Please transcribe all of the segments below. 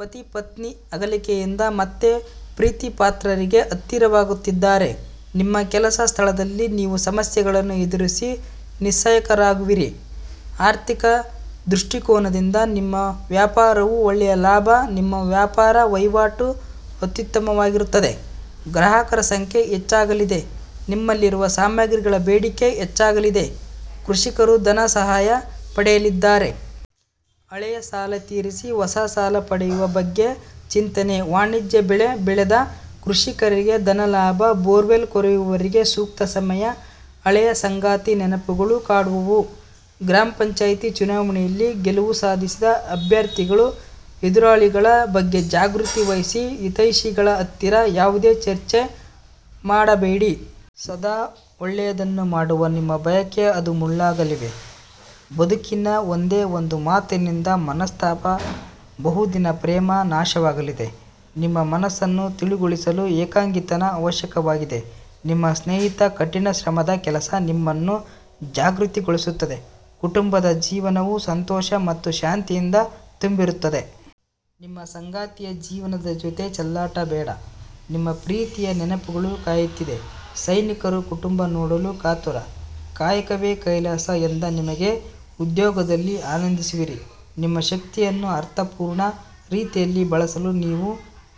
ಪತಿ-ಪತ್ನಿ ಅಗಲಿಕೆಯಿಂದ ಮತ್ತೆ ಪ್ರೀತಿಪಾತ್ರರಿಗೆ ಹತ್ತಿರವಾಗುತ್ತಾರೆ. ನಿಮ್ಮ ಕೆಲಸದ ಸ್ಥಳದಲ್ಲಿ ನೀವು ಸಮಸ್ಯೆಗಳನ್ನು ಎದುರಿಸಿ ನಿಸ್ಸಾಯಕರಾಗುವಿರಿ. ಆರ್ಥಿಕ ದೃಷ್ಟಿಕೋನದಿಂದ ನಿಮ್ಮ ವ್ಯಾಪಾರವು ಒಳ್ಳೆಯ ಲಾಭ. ನಿಮ್ಮ ವ್ಯಾಪಾರ ವಹಿವಾಟು ಅತ್ಯುತ್ತಮವಾಗಿರುತ್ತದೆ. ಗ್ರಾಹಕರ ಸಂಖ್ಯೆ ಹೆಚ್ಚಾಗಲಿದೆ, ನಿಮ್ಮಲ್ಲಿರುವ ಸಾಮಗ್ರಿಗಳ ಬೇಡಿಕೆ ಹೆಚ್ಚಾಗಲಿದೆ. ಕೃಷಿಕರು ಧನ ಸಹಾಯ ಪಡೆಯಲಿದ್ದಾರೆ. ಹಳೆಯ ಸಾಲ ತೀರಿಸಿ, ಹೊಸ ಸಾಲ ಪಡೆಯುವ ಬಗ್ಗೆ ಚಿಂತನೆ. ವಾಣಿಜ್ಯ ಬೆಳೆ ಬೆಳೆದ ಕೃಷಿಕರಿಗೆ ಧನಲಾಭ. ಬೋರ್ವೆಲ್ ಕೊರೆಯುವರಿಗೆ ಸೂಕ್ತ ಸಮಯ. ಹಳೆಯ ಸಂಗಾತಿ ನೆನಪುಗಳು ಕಾಡುವವು. ಗ್ರಾಮ ಪಂಚಾಯಿತಿ ಚುನಾವಣೆಯಲ್ಲಿ ಗೆಲುವು ಸಾಧಿಸಿದ ಅಭ್ಯರ್ಥಿಗಳು ಎದುರಾಳಿಗಳ ಬಗ್ಗೆ ಜಾಗೃತಿ ವಹಿಸಿ. ಹಿತೈಷಿಗಳ ಹತ್ತಿರ ಯಾವುದೇ ಚರ್ಚೆ ಮಾಡಬೇಡಿ. ಸದಾ ಒಳ್ಳೆಯದನ್ನು ಮಾಡುವ ನಿಮ್ಮ ಬಯಕೆ ಅದು ಮುಳ್ಳಾಗಲಿವೆ. ದುಡುಕಿನ ಒಂದೇ ಒಂದು ಮಾತಿನಿಂದ ಮನಸ್ತಾಪ ಬಹುದಿನದ ಪ್ರೇಮ ನಾಶವಾಗಲಿದೆ. ನಿಮ್ಮ ಮನಸ್ಸನ್ನು ತಿಳಿಗೊಳಿಸಲು ಏಕಾಂಗಿತನ ಅವಶ್ಯಕವಾಗಿದೆ. ನಿಮ್ಮ ಸ್ನೇಹಿತನ ಕಠಿಣ ಶ್ರಮದ ಕೆಲಸ ನಿಮ್ಮನ್ನು ಜಾಗೃತಗೊಳಿಸುತ್ತದೆ. ಕುಟುಂಬದ ಜೀವನವು ಸಂತೋಷ ಮತ್ತು ಶಾಂತಿಯಿಂದ ತುಂಬಿರುತ್ತದೆ. ನಿಮ್ಮ ಸಂಗಾತಿಯ ಜೀವನದ ಜೊತೆ ಚೆಲ್ಲಾಟ ಬೇಡ. ನಿಮ್ಮ ಪ್ರೀತಿಯ ನೆನಪುಗಳು ಕಾಯುತ್ತಿದೆ. ಸೈನಿಕರು ಕುಟುಂಬ ನೋಡಲು ಕಾತುರ. "ಕಾಯಕವೇ ಕೈಲಾಸ "ಎಂದ ನಿಮಗೆ ಉದ್ಯೋಗದಲ್ಲಿ ಆನಂದಿಸುವಿರಿ. ನಿಮ್ಮ ಶಕ್ತಿಯನ್ನು ಅರ್ಥಪೂರ್ಣ ರೀತಿಯಲ್ಲಿ ಬಳಸಲು ನೀವು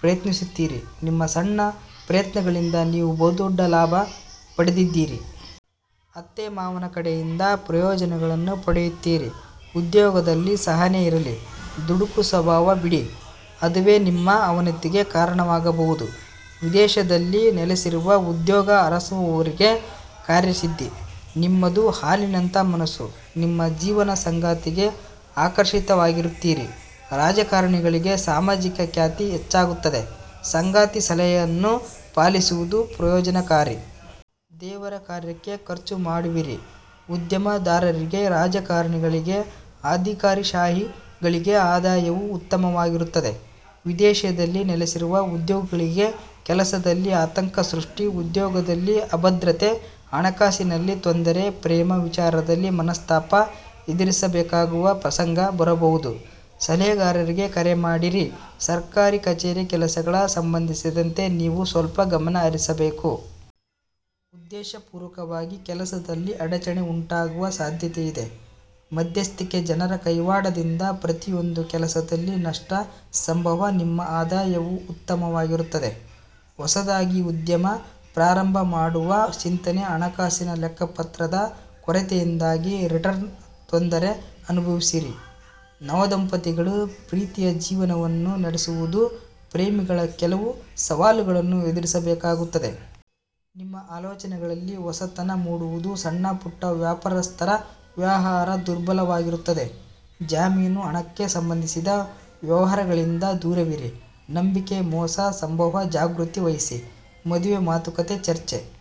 ಪ್ರಯತ್ನಿಸುತ್ತೀರಿ. ನಿಮ್ಮ ಸಣ್ಣ ಪ್ರಯತ್ನಗಳಿಂದ ನೀವು ಬಹುದೊಡ್ಡ ಲಾಭ ಪಡೆದಿದ್ದೀರಿ. ಅತ್ತೆ-ಮಾವನ ಕಡೆಯಿಂದ ಪ್ರಯೋಜನಗಳನ್ನು ಪಡೆಯುತ್ತೀರಿ. ಉದ್ಯೋಗದಲ್ಲಿ ಸಹನೆ ಇರಲಿ ದುಡುಕು ಸಭಾವ ಬಿಡಿ ಅದುವೇ ನಿಮ್ಮ ಅವನತಿಗೆ ಕಾರಣವಾಗಬಹುದು. ವಿದೇಶದಲ್ಲಿ ನೆಲೆಸಿರುವ ಉದ್ಯೋಗ ಅರಸುವವರಿಗೆ ಕಾರ್ಯಸಿದ್ಧಿ, ನಿಮ್ಮದು ಹಾಲಿನಂತ ಮನಸ್ಸು, ನಿಮ್ಮ ಜೀವನ ಸಂಗಾತಿಗೆ ಆಕರ್ಷಿತರಾಗುತ್ತೀರಿ. ರಾಜಕಾರಣಿಗಳಿಗೆ ಸಾಮಾಜಿಕ ಖ್ಯಾತಿ ಹೆಚ್ಚಾಗುತ್ತದೆ. ಸಂಗಾತಿಯ ಸಲಹೆಯನ್ನು ಪಾಲಿಸುವುದು ಪ್ರಯೋಜನಕಾರಿ. ದೇವರ ಕಾರ್ಯಕ್ಕೆ ಖರ್ಚು ಮಾಡುವಿರಿ. ಉದ್ಯಮ ದಾರರಿಗೆ, ರಾಜಕಾರಣಿಗಳಿಗೆ, ಅಧಿಕಾರಿಶಾಹಿ ಗಳಿಗೆ ಆದಾಯವೂ ಉತ್ತಮವಾಗಿರುತ್ತದೆ. ವಿದೇಶದಲ್ಲಿ ನೆಲೆಸಿರುವ ಉದ್ಯೋಗಿಗಳಿಗೆ ಕೆಲಸದಲ್ಲಿ ಆತಂಕ ಸೃಷ್ಟಿ, ಉದ್ಯೋಗದಲ್ಲಿ ಅಭದ್ರತೆ, ಹಣಕಾಸಿನಲ್ಲಿ ತೊಂದರೆ, ಪ್ರೇಮ ವಿಚಾರದಲ್ಲಿ ಮನಸ್ತಾಪ ಎದುರಿಸಬೇಕಾಗುವ ಪ್ರಸಂಗ ಬರುವುದು. ಸಲಹೆಗಳಿಗಾಗಿ ಕರೆ ಮಾಡಿರಿ. ಸರ್ಕಾರಿ ಕಛೇರಿ ಕೆಲಸಗಳ ಸಂಬಂಧಿಸಿದಂತೆ ನೀವು ಸ್ವಲ್ಪ ಗಮನ ಹರಿಸಬೇಕು. ಉದ್ದೇಶ ಪೂರ್ವಕವಾಗಿ ಕೆಲಸದಲ್ಲಿ ಅಡಚಣೆ ಉಂಟಾಗುವ ಸಾಧ್ಯತೆಯಿದೆ. ಮಧ್ಯಸ್ಥಿಕೆ ಜನರ ಕೈವಾಡದಿಂದ ಪ್ರತಿಯೊಂದು ಕೆಲಸದಲ್ಲಿ ನಷ್ಟ ಸಂಭವ. ನಿಮ್ಮ ಆದಾಯವು ಉತ್ತಮವಾಗಿರುತ್ತದೆ. ಹೊಸದಾಗಿ ಉದ್ಯಮ ಪ್ರಾರಂಭ ಮಾಡುವ ಚಿಂತನೆ. ಹಣಕಾಸಿನ ಲೆಕ್ಕಪತ್ರದ ಕೊರತೆಯಿಂದಾಗಿ ರಿಟರ್ನ್ಸ್ ತೊಂದರೆ ಅನುಭವಿಸುವಿರಿ. ನವದಂಪತಿಗಳು ಪ್ರೀತಿಯ ಜೀವನವನ್ನು ನಡೆಸುವವರು. ಪ್ರೇಮಿಗಳು ಕೆಲವು ಸವಾಲುಗಳನ್ನು ಎದುರಿಸಬೇಕಾಗುತ್ತದೆ. ನಿಮ್ಮ ಆಲೋಚನೆಯಲ್ಲಿ ಹೊಸತನ ಮೂಡುವುದು. ಸಣ್ಣಪುಟ್ಟ ವ್ಯಾಪಾರಸ್ಥರ ವ್ಯವಹಾರ ದುರ್ಬಲವಾಗಿರುತ್ತದೆ. ಜಾಮೀನು ಹಣಕ್ಕೆ ಸಂಬಂಧಿಸಿದ ವ್ಯವಹಾರಗಳಿಂದ ದೂರವಿರಿ. ನಂಬಿಕೆ ಮೋಸ ಸಂಭವ ಜಾಗೃತಿ ವಹಿಸಿ. ಮದುವೆ ಮಾತುಕತೆ ಚರ್ಚೆ.